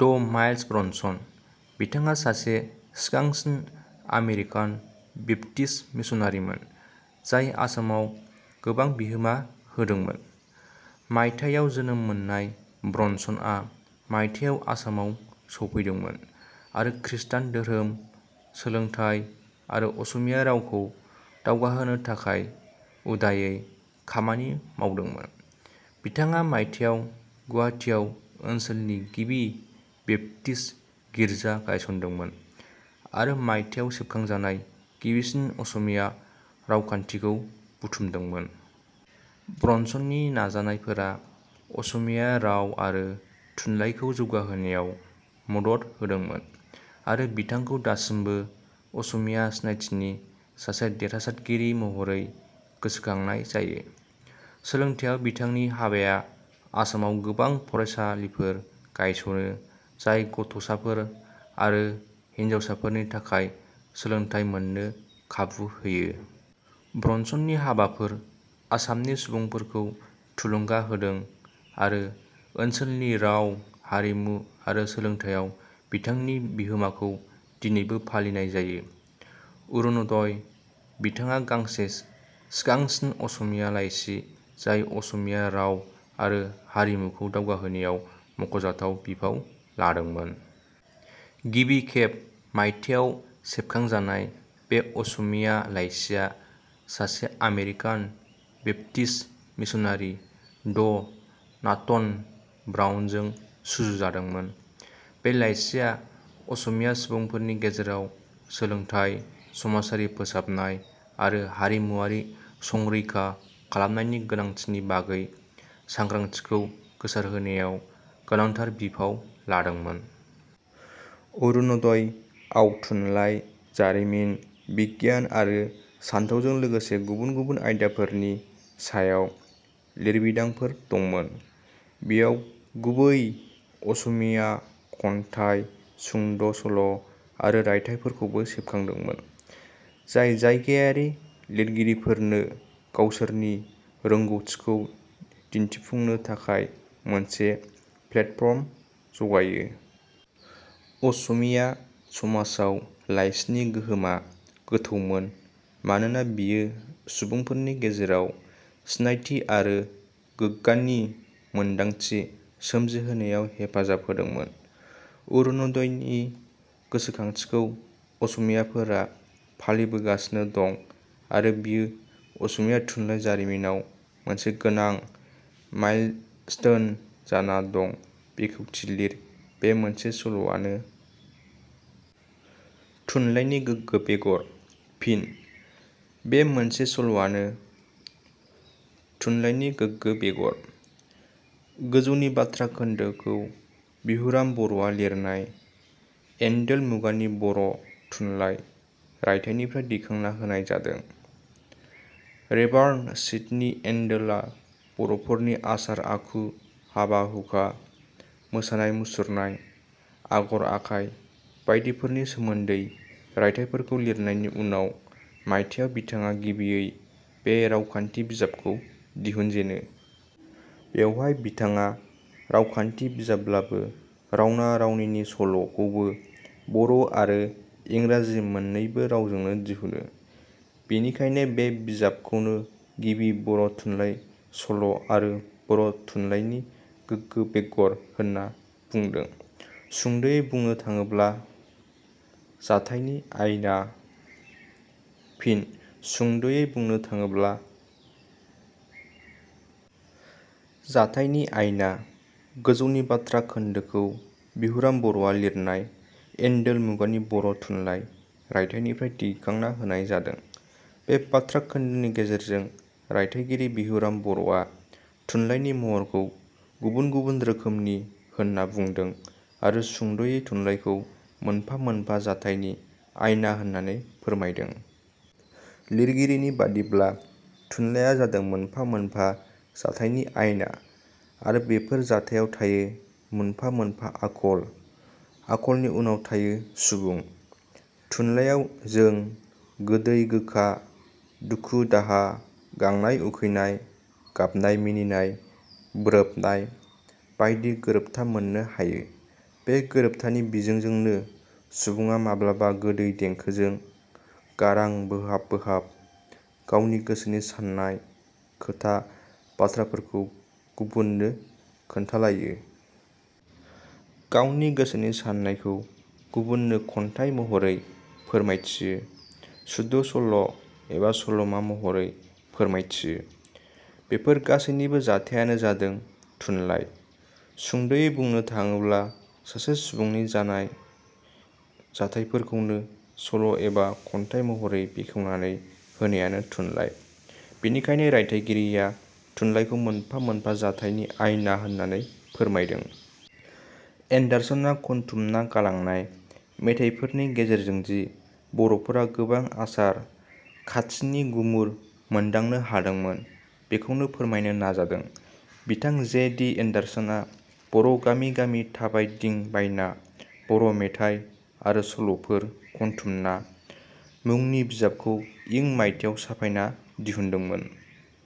ड माइलस ब्रनसन:-बिथाङा सासे सिगांसिन आमेरिकान बेप्टिस्ट मिसनारिमोन जाय आसामाव गोबां बिहोमा होदोंमोन। मायथाइयाव जोनोम मोननाय, ब्रनसनआ मायथाइयाव आसामाव सौफैदोंमोन आरो ख्रिस्थान धोरोम, सोलोंथाय आरो असमिया रावखौ दावगाहोनो थाखाय उदायै खामानि मावदोंमोन। बिथाङा मायथाइयाव गुवाहाटीआव ओनसोलनि गिबि बेप्टिस्ट गिर्जा गायसनदोंमोन आरो मायथाइयाव सेबखांजानाय गिबिसिन असमिया रावखान्थिखौ बुथुमदोंमोन। ब्रनसननि नाजानायफोरा असमिया राव आरो थुनलाइखौ जौगाहोनायाव मदद होदोंमोन, आरो बिथांखौ दासिमबो असमिया सिनायथिनि सासे देरहासातगिरि महरै गोसोखांनाय जायो। सोलोंथाइयाव बिथांनि हाबाया आसामाव गोबां फरायसालिफोर गायस'नो, जाय गथ' साफोर आरो हिनजावफोरनि थाखाय सोलोंथाय मोन्नो खाबु होयो। ब्रनसननि हाबाफोर आसामनि सुबुंफोरखौ थुलुंगा होदों, आरो ओनसोलनि राव, हारिमु आरो सोलोंथाइयाव बिथांनि बिहोमाखौ दिनैबो फालिनाय जायो।. अरुण'दइ: – बिथाङा गांसे सिगांसिन असमिया लाइसि जाय असमिया राव आरो हारिमुखौ दावगाहोनायाव मख'जाथाव बिफाव लादोंमोन। गिबिखेब मायथाइयाव सेबखांजानाय, बे असमिया लाइसिआ सासे आमेरिकान बैपटिस्ट मिसनारि ड नाथन ब्राउनजों सुजुजादोंमोन। बे लाइसिआ असमिया सुबुंफोरनि गेजेराव सोलोंथाय, समाजारि फोसाबनाय आरो हारिमुआरि संरैखा खालामनायनि गोनांथिनि बागै सांग्रांथिखौ गोसारहोनायाव गोनांथार बिफाव लादोंमोन। अरुण'दइ आव थुनलाइ, जारिमिन, बिगियान आरो सानथौजों लोगोसे गुबुन गुबुन आयदाफोरनि सायाव लिरबिदांफोर दंमोन। बियाव गुबै असमिया खन्थाइ, सुंद' सल' आरो रायथाइफोरखौबो सेबखांदोंमोन, जाय जायगायारि लिरगिरिफोरनो गावसोरनि रोंग'थिखौ दिन्थिफुंनो थाखाय मोनसे प्लेटफर्म जगायो। असमिया समाजआव लाइसिनि गोहोमा गोथौमोन, मानोना बेयो सुबुंफोरनि गेजेराव सिनायथि आरो गोग्गानि मोनदांथि सोमजिहोनायाव हेफाजाब होदोंमोन। अरुण'दइनि गोसोखांथिखौ आसामीयाफोरा फालिबोगासिनो दं, आरो बियो असमिया थुनलाइ जारिमिनाव मोनसे गोनां माइलस्टोन जाना दं। बेखेवथि लिर: बे मोनसे सल'आनो…………. थुनलायनि गोगो बेगर। फिन: "बे मोनसे सल'आनो…………. थुनलायनि गोगो बेगर। " गोजौनि बाथ्रा खोन्दोखौ बिहुराम बर'आ लिरनाय "एण्डेल मुगानि बर' थुनलाइ" रायथाइनिफ्राय दैखांना होनाय जादों। रेभारण्ड सिदनि एण्डेला बर'फोरनि आसार-आखु, हाबा-हुखा, मोसानाय-मुसुरनाय, आगर-आखाय बायदिफोरनि सोमोन्दै रायथाइफोरखौ लिरनायनि उनाव मायथायाव बिथाङा गिबियै बे रावखान्थि बिजाबखौ दिहुनजेनो। बेवहाय बिथाडा रावखान्थि विजाबब्लाबो रावना-रावनिनि सल' खौबो बर' आरो इंराजी मोननैबो रावजोंनो दिहुनो। बेनिखायनो बे बिजाबखौनो गिबि बर' थुनलाइ सल' आरो बर' थुनलायनि गोगो बेगर होनना बुंदों। सुंद'यै बुंनो थाङोब्ला…………. जाथाइनि आयना। फिन: "सुंद'यै बुंनो थाङोब्ला…………. जाथाइनि आयना। " गोजौनि बाथ्रा खोन्दोखौ बिहुराम बर'आ लिरनाय "एण्डेल मुगानि बर' थुनलाइ" रायथाइनिफ्राय दैखांना होनाय जादों। बे बाथ्रा खोन्दोनि गेजेरजों रायथाइगिरि बिहुराम बर'आ थुनलाइनि महरखौ गुबुन गुबुन रोखोमनि होनना बुंदों आरो सुंदयै थुनलाइखौ मोनफा मोनफा जाथाइनि आयना होनानै फोरमायदों। लिरगिरिनि बादिब्ला थुनलाया जादों मोनफा मोनफा जाथाइनि आयना आरो बेफोर जाथायाव थायो मोनफा मोनफा आखल, आखलनि उनाव थायो सुबुं। थुनलाइयाव जों गोदै-गोखा, दुखु-दाहा, गांनाय-उखैनाय, गाबनाय-मिनिनाय, बोराबनाय बायदि गोरोबथा मोननो हायो। बे गोरोबथानि बिजोंजोंनो सुबुङा माब्लाबा गोदै देंखोजों गारां बोहाब बोहाब गावनि गोसोनि साननाय खोथा बाथ्राफोरखौ गुबुननो खोन्थालायो। गावनि गोसोनि साननायखौ गुबुननो खन्थाइ महरै फोरमायथियो, सुद' सल' एबा सल'मा महरै फोरमायथियो। बेफोर गासैनिबो जाथायानो जादों थुनलाइ। सुंदयै बुंनो थाडोब्ला सासे सुबुंनि जानाय जाथायफोरखौनो सल' एबा खन्थाइ महरै बेखेवनानै होनायानो थुनलाइ। बिनिखायनो रायथाइगिरिया थुनलाइखौ मोनफा मोनफा जाथायनि आयना होननानै फोरमायदों। एण्डार्सनआ खनथुमना गालांनाय मेथाइफोरनि गेजेरजोंदि बर'फोरा गोबां आसार खाथिनि गुमुर मोन्दांनो हादोंमोन बेखौनो फोरमायनो नाजादों। बिथां जे. डि. एण्डार्सनआ बर' गामि गामि थाबायदिंबायना बर' मेथाइ आरो सल'फोर खनथुमना "" मुंनि बिजाबखौ इं मायथायाव साफायना दिहुनदोंमोन।